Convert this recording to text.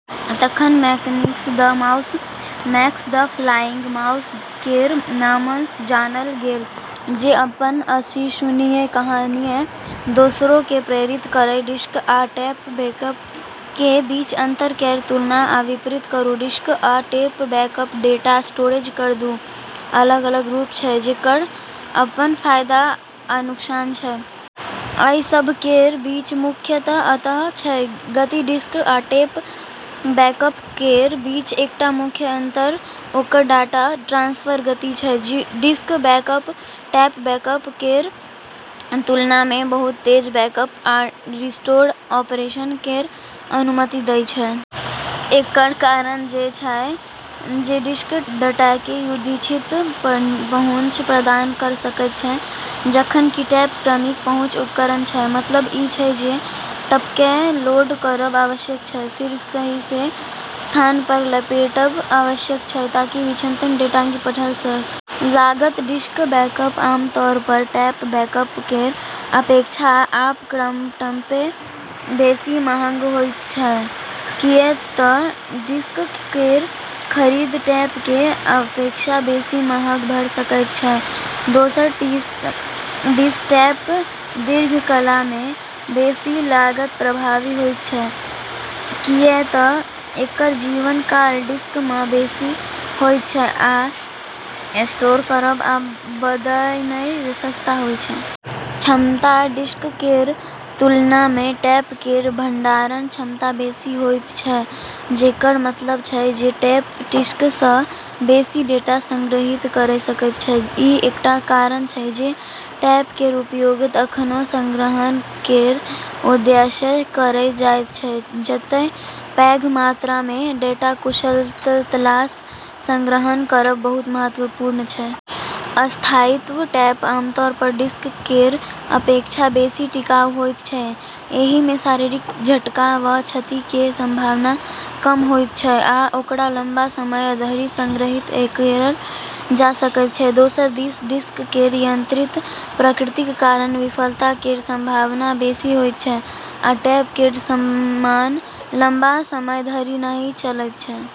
आ तखन, Max the Mouse 'Max the Flying Mouse' केर नामसँ जानल गेल, जे अपन अविश्वसनीय कहानीसँ दोसरोकेँ प्रेरित केलक। डिस्क आ टेप बैकअप केर बीच अंतर केर तुलना आ विपरीत करू। डिस्क आ टेप बैकअप डेटा स्टोरेज केर दू अलग-अलग रूप छै जेकर अपन फायदा आ नुकसान छै। एहि सभ केर बीच मुख्य अंतर छै: गति: डिस्क आ टेप बैकअप केर बीच एकटा मुख्य अंतर ओकर डेटा ट्रांसफर गति छै। डिस्क बैकअप टेप बैकअप केर तुलनामे बहुत तेज बैकअप आ रिस्टोर ऑपरेशन केर अनुमति दैत छै। एकर कारण छै जे डिस्क डेटाकेँ यादृच्छिक पहुँच प्रदान कऽ सकैत छै, जखन कि टेप क्रमिक पहुँच उपकरण छै, मतलब ई छै जे टेपकेँ लोड करब आवश्यक छै, फेर सही स्थानपर लपेटब आवश्यक छै ताकि वांछित डेटाकेँ पढ़ल जा सकए। लागत: डिस्क बैकअप आमतौरपर टेप बैकअप केर अपेक्षा अपफ्रंटमे बेसी महग होइत छै, किऐक तऽ डिस्क केर खरीद टेप केर अपेक्षा बेसी महग भऽ सकैत छै। दोसर दिस टेप दीर्घकालमे बेसी लागत प्रभावी होइत छै, किऐक तऽ एकर जीवन काल डिस्क सँ बेसी होइत छै आ स्टोर करब आ बदलनाइ सस्ता होइत छै। क्षमता: डिस्क केर तुलनामे टेप केर भंडारण क्षमता बेसी होइत छै, जेकर मतलब छै जे टेप डिस्क सँ बेसी डेटा संग्रहीत कऽ सकैत छै। ई एकटा कारण छै जे टेप केर उपयोग अखनो संग्रहण केर उद्देश्यसँ कएल जाइत छै, जतए पैघ मात्रामे डेटाकेँ कुशलतासँ संग्रहण करब बहुत महत्वपूर्ण छै। स्थायित्व: टेप आमतौरपर डिस्क केर अपेक्षा बेसी टिकाऊ होइत छै। एहिमे शारीरिक झटका वा क्षति केर संभावना कम होइत छै, आ ओकरा लंबा समय धरि संग्रहित कएल जा सकैत छै। दोसर दिस डिस्क केर यांत्रिक प्रकृतिक कारण विफलता केर संभावना बेसी होइत छै, आ टेप केर समान लंबा समय धरि नहि चलि सकैत छै।